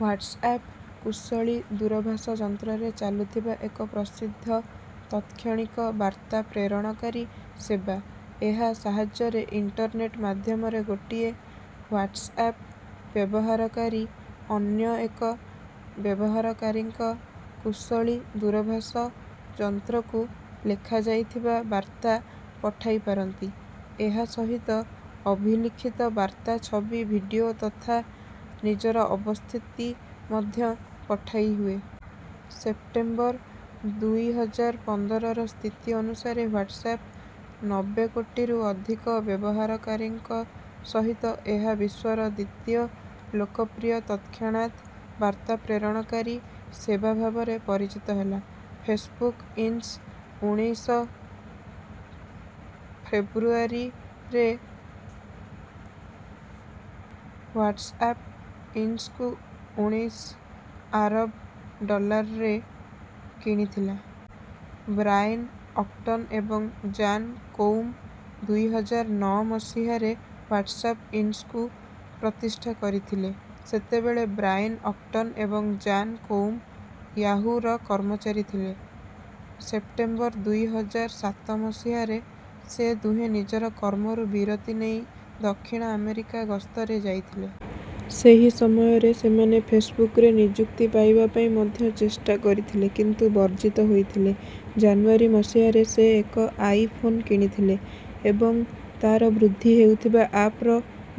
WhatsApp କୁଶଳୀ ଦୂରଭାଷ ଯନ୍ତ୍ରରେ ଚାଲୁଥିବା ଏକ ପ୍ରସିଦ୍ଧ ତତ୍-କ୍ଷଣିକ ବାର୍ତ୍ତା ପ୍ରେରଣକାରୀ ସେବା। ଏହା ସାହାଯ୍ୟରେ ଇଣ୍ଟରନେଟ୍ ମାଧ୍ୟମରେ ଗୋଟିଏ ହ୍ୱାଟ୍ସଆପ ବ୍ୟବହାରକାରୀ ଅନ୍ୟ ଏକ ବ୍ୟବହାରକାରୀଙ୍କ କୁଶଳୀ ଦୂରଭାଷ ଯନ୍ତ୍ରକୁ ଲେଖାଯାଇଥିବା ବାର୍ତ୍ତା ପଠାଇପାରନ୍ତି। ଏହା ସହିତ ଅଭିଲିଖିତ ବାର୍ତ୍ତା ଛବି ଭିଡିଓ ତଥା ନିଜର ଅବସ୍ଥିତି ମଧ୍ୟ ପଠାଇହୁଏ। ସେପ୍ଟେମ୍ବର ଦୁଇ ହଜାର ପନ୍ଦରର ସ୍ଥିତି ଅନୁସାରେ ହ୍ୱାଟ୍ସଆପ ନବ୍ବେ କୋଟିରୁ ଅଧିକ ବ୍ୟବହାରକାରୀଙ୍କ ସହିତ ଏହା ବିଶ୍ୱର ଦ୍ୱିତୀୟ ଲୋକପ୍ରିୟ ତତ୍‌କ୍ଷଣାତ୍ ବାର୍ତ୍ତା ପ୍ରେରଣକାରୀ ସେବା ଭାବରେ ପରିଚିତ ହେଲା। ଫେସବୁକ ଇନ୍ସ ଉଣେଇଶ ଫେବୃଆରୀ ରେ ହ୍ୱାଟ୍ସଆପ ଇନ୍ସକୁ ଉଣେଇଶ ଆରବ୍ ଡଲାର୍ରେ କିଣିଥିଲା। ବ୍ରାଏନ୍ ଅକ୍ଟନ ଏବଂ ଜାନ୍ କୋଉମ ଦୁଇ ହଜାର ନଅ ମସିହାରେ ହ୍ୱାଟ୍ସଆପ ଇନ୍ସକୁ ପ୍ରତିଷ୍ଠା କରିଥିଲେ। ସେତେବେଳେ ବ୍ରାଏନ୍ ଅକ୍ଟନ ଏବଂ ଜାନ୍ କୋଉମ ୟାହୁ ର କର୍ମଚାରୀ ଥିଲେ। ସେପ୍ଟେମ୍ବର ଦୁଇ ହଜାର ସାତ ମସିହାରେ ସେ ଦୁହେଁ ନିଜର କର୍ମରୁ ବିରତି ନେଇ ଦକ୍ଷିଣ ଆମେରିକା ଗସ୍ତରେ ଯାଇଥିଲେ। ସେହି ସମୟରେ ସେମାନେ ଫେସବୁକରେ ନିଯୁକ୍ତି ପାଇବା ପାଇଁ ମଧ୍ୟ ଚେଷ୍ଟା କରିଥିଲେ କିନ୍ତୁ ବର୍ଜିତ ହୋଇଥିଲେ। ଜାନୁଆରୀ ମସିହାରେ ସେ ଏକ ଆଇ ଫୋନ୍ କିଣିଥିଲେ ଏବଂ ତାର ବୃଦ୍ଧି ହେଉଥିବା ଆପ୍ର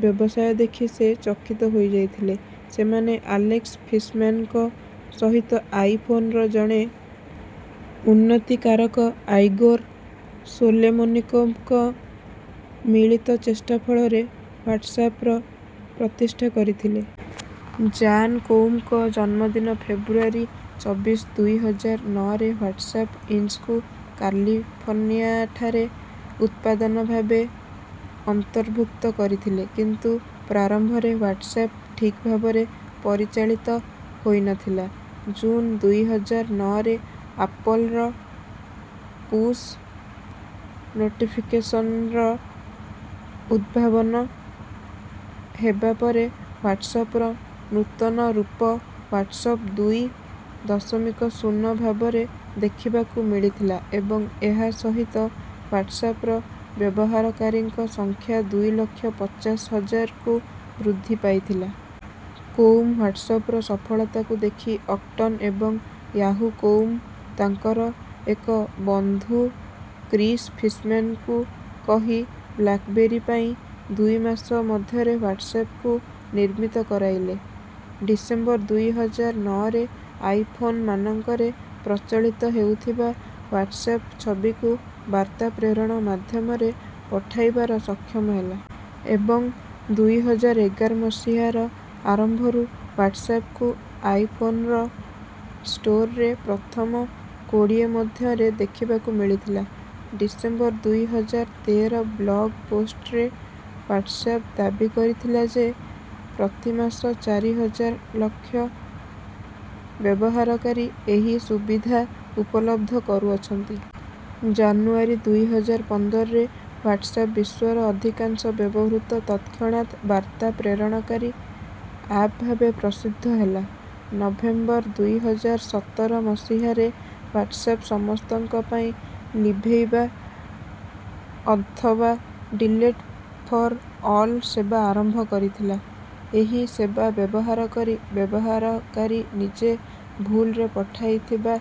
ବ୍ୟବସାୟ ଦେଖି ସେ ଚକିତ ହୋଇଯାଇଥିଲେ। ସେମାନେ ଆଲେକ୍ସ ଫିସ୍‌ମ୍ୟାନ୍‌ଙ୍କ ସହିତ ଆଇ ଫୋନର ଜଣେ ଉନ୍ନତିକାରକ ଆଇଗୋର୍ ସୋଲେମୋନିକୋଭ୍‌ ଙ୍କ ମିଳିତ ଚେଷ୍ଟା ଫଳରେ ହ୍ୱାଟ୍ସଆପର ପ୍ରତିଷ୍ଠା କରିଥିଲେ। ଜାନ୍ କୋଉମଙ୍କ ଜନ୍ମଦିନ ଫେବୃଆରୀ ଚବିଶ ଦୁଇ ହଜାର ନଅରେ ହ୍ୱାଟ୍ସଆପ ଇନ୍ସକୁ କାର୍ଲିଫର୍ଣ୍ଣିଆଠାରେ ଉତ୍ପାଦାନ ଭାବେ ଅନ୍ତର୍ଭୁକ୍ତ କରିଥିଲେ। କିନ୍ତୁ ପ୍ରାରମ୍ଭରେ ହ୍ୱାଟ୍ସଆପ ଠିକ୍ ଭାବରେ ପରିଚାଳିତ ହୋଇନଥିଲା। ଜୁନ୍ ଦୁଇ ହଜାର ନଅରେ ଆପଲ୍‌ର ପୁଶ୍ ନୋଟିଫିକେସନ୍ସର ଉଦ୍ଭାବନ ହେବା ପରେ ହ୍ୱାଟ୍ସଆପର ନୂତନ ରୂପ ହ୍ୱାଟ୍ସଆପ ଦୁଇ ଦଶମିକ ଶୂନ ଭାବରେ ଦେଖିବାକୁ ମିଳିଥିଲା ଏବଂ ଏହା ସହିତ ହ୍ୱାଟ୍ସଆପର ବ୍ୟବହାରକାରୀଙ୍କ ସଂଖ୍ୟା ଦୁଇ ଲକ୍ଷ ପଚାଶ ହଜାରକୁ ବୃଦ୍ଧି ପାଇଥିଲା। କୋଉମ ହ୍ୱାଟ୍ସଆପର ସଫଳତାକୁ ଦେଖି ଅକ୍ଟନ ଏବଂ ୟାହୁ କୋଉମ ତାଙ୍କର ଏକ ବନ୍ଧୁ କ୍ରିସ୍ ଫିସ୍‌ମ୍ୟାନ୍‌ଙ୍କୁ କହି ବ୍ଲାକବେରୀ ପାଇଁ ଦୁଇ ମାସ ମଧ୍ୟରେ ହ୍ୱାଟ୍ସଆପକୁ ନିର୍ମିତ କରାଇଲେ। ଡିସେମ୍ବର ଦୁଇ ହଜାର ନଅରେ ଆଇ ଫୋନ୍ ମାନଙ୍କରେ ପ୍ରଚଳିତ ହେଉଥିବା ହ୍ୱାଟ୍ସଆପ ଛବିକୁ ବାର୍ତ୍ତା ପ୍ରେରଣ ମାଧ୍ୟମରେ ପଠାଇବାର ସକ୍ଷମ ହେଲା। ଏବଂ ଦୁଇ ହଜାର ଏଗାର ମସିହାର ଆରମ୍ଭରୁ ହ୍ୱାଟ୍ସଆପକୁ ଆଇ ଫୋନ୍ର ଷ୍ଟୋରରେ ପ୍ରଥମ କୋଡ଼ିଏ ମଧ୍ୟରେ ଦେଖିବାକୁ ମିଳିଥିଲା। ଡିସେମ୍ବର ଦୁଇ ହଜାର ତେର ବ୍ଲଗ ପୋଷ୍ଟରେ ହ୍ୱାଟ୍ସଆପ ଦାବି କରିଥିଲା ଯେ ପ୍ରତି ମାସ ଚାରି ହଜାର ଲକ୍ଷ ବ୍ୟବହାରକାରୀ ଏହି ସୁବିଧା ଉପଲବ୍ଧ କରୁଅଛନ୍ତି। ଜାନୁଆରୀ ଦୁଇ ହଜାର ପନ୍ଦରରେ ହ୍ୱାଟ୍ସଆପ ବିଶ୍ୱର ଅଧିକାଂଶ ବ୍ୟବହୃତ ତତ୍‌କ୍ଷଣାତ୍ ବାର୍ତ୍ତା ପ୍ରେରଣକାରୀ ଆପ୍ ଭାବେ ପ୍ରସିଦ୍ଧ ହେଲା। ନଭେମ୍ବର ଦୁଇ ହଜାର ସତର ମସିହାରେ ହ୍ୱାଟ୍ସଆପ ସମସ୍ତଙ୍କ ପାଇଁ ଲିଭେଇବା ଅଥବା ଡିଲେଟ ଫର ଅଲ ସେବା ଆରମ୍ଭ କରିଥିଲା। ଏହି ସେବା ବ୍ୟବହାର କରି ବ୍ୟବହାରକାରୀ ନିଜେ ଭୁଲରେ ପଠାଇଥିବା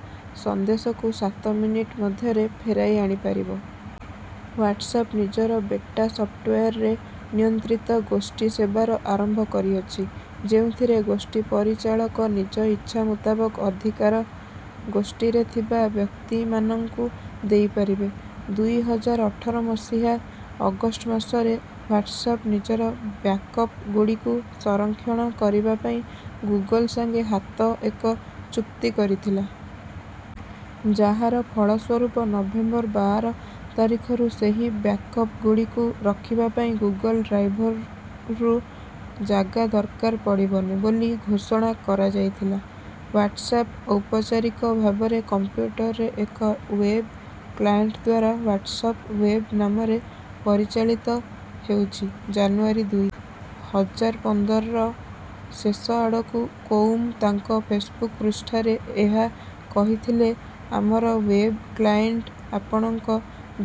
ସନ୍ଦେଶକୁ ସାତ ମିନଟ ମଧ୍ୟରେ ଫେରାଇ ଆଣି ପାରିବ। ହ୍ୱାଟ୍ସଆପ ନିଜର ବେଟା ସଫ୍ଟୱେଆରରେ ନିୟନ୍ତ୍ରିତ ଗୋଷ୍ଠୀ ସେବାର ଆରମ୍ଭ କରିଅଛି। ଯେଉଁଥିରେ ଗୋଷ୍ଠୀ ପରିଚାଳକ ନିଜ ଇଚ୍ଛା ମୁତାବକ ଅଧିକାର ଗୋଷ୍ଟିରେ ଥିବା ବ୍ୟକ୍ତି ମାନଙ୍କୁ ଦେଇ ପାରିବେ। ଦୁଇ ହଜାର ଅଠର ମସିହା ଅଗଷ୍ଟ ମାସରେ ହ୍ୱାଟ୍ସଆପ ନିଜର ବ୍ୟାକପ ଗୁଡିକୁ ସଂରକ୍ଷଣ କରିବା ପାଇଁ ଗୁଗଲ ସାଙ୍ଗେ ହାତ ଏକ ଚୁକ୍ତି କରି ଥିଲା। ଯାହାର ଫଳ ସ୍ୱରୂପ ନଭେମ୍ବର ବାର ତାରିଖରୁ ସେହି ବ୍ୟାକପ ଗୁଡିକୁ ରଖିବା ପାଇଁ ଗୁଗଲ ଡ୍ରାଇଭରରୁ ଜାଗା ଦରକାର ପଡିବନି ବୋଲି ଘୋଷଣା କରାଯାଇଥିଲା। ହ୍ୱାଟ୍ସଆପ ଔପଚାରିକ ଭାବରେ କମ୍ପ୍ୟୁଟରରେ ଏକ ୱେବ୍ କ୍ଲାଏଣ୍ଟଦ୍ୱାରା ହ୍ୱାଟ୍ସଆପ ୱେବ୍ ନାମରେ ପରିଚାଳିତ ହେଉଛି। ଜାନୁଆରୀ ଦୁଇ ହଜାର ପନ୍ଦରର ଶେଷ ଆଡକୁ କୋଉମ ତାଙ୍କ ଫେସବୁକ ପୃଷ୍ଠାରେ ଏହା କହିଥିଲେ ଆମର ଓ୍ବେବ୍ କ୍ଲାଏଣ୍ଟ ଆପଣଙ୍କ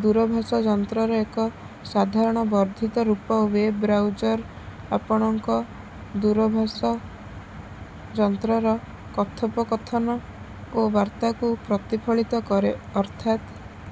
ଦୂରଭାଷ ଯନ୍ତ୍ରର ଏକ ସାଧାରଣ ବର୍ଦ୍ଧିତ ରୂପ ଓ୍ବେବ୍ ବ୍ରାଉଜର ଆପଣଙ୍କ ଦୂରଭାଷ ଯନ୍ତ୍ରର କଥୋପକଥନ ଓ ବାର୍ତ୍ତାକୁ ପ୍ରତିଫଳିତ କରେ ଅର୍ଥାତ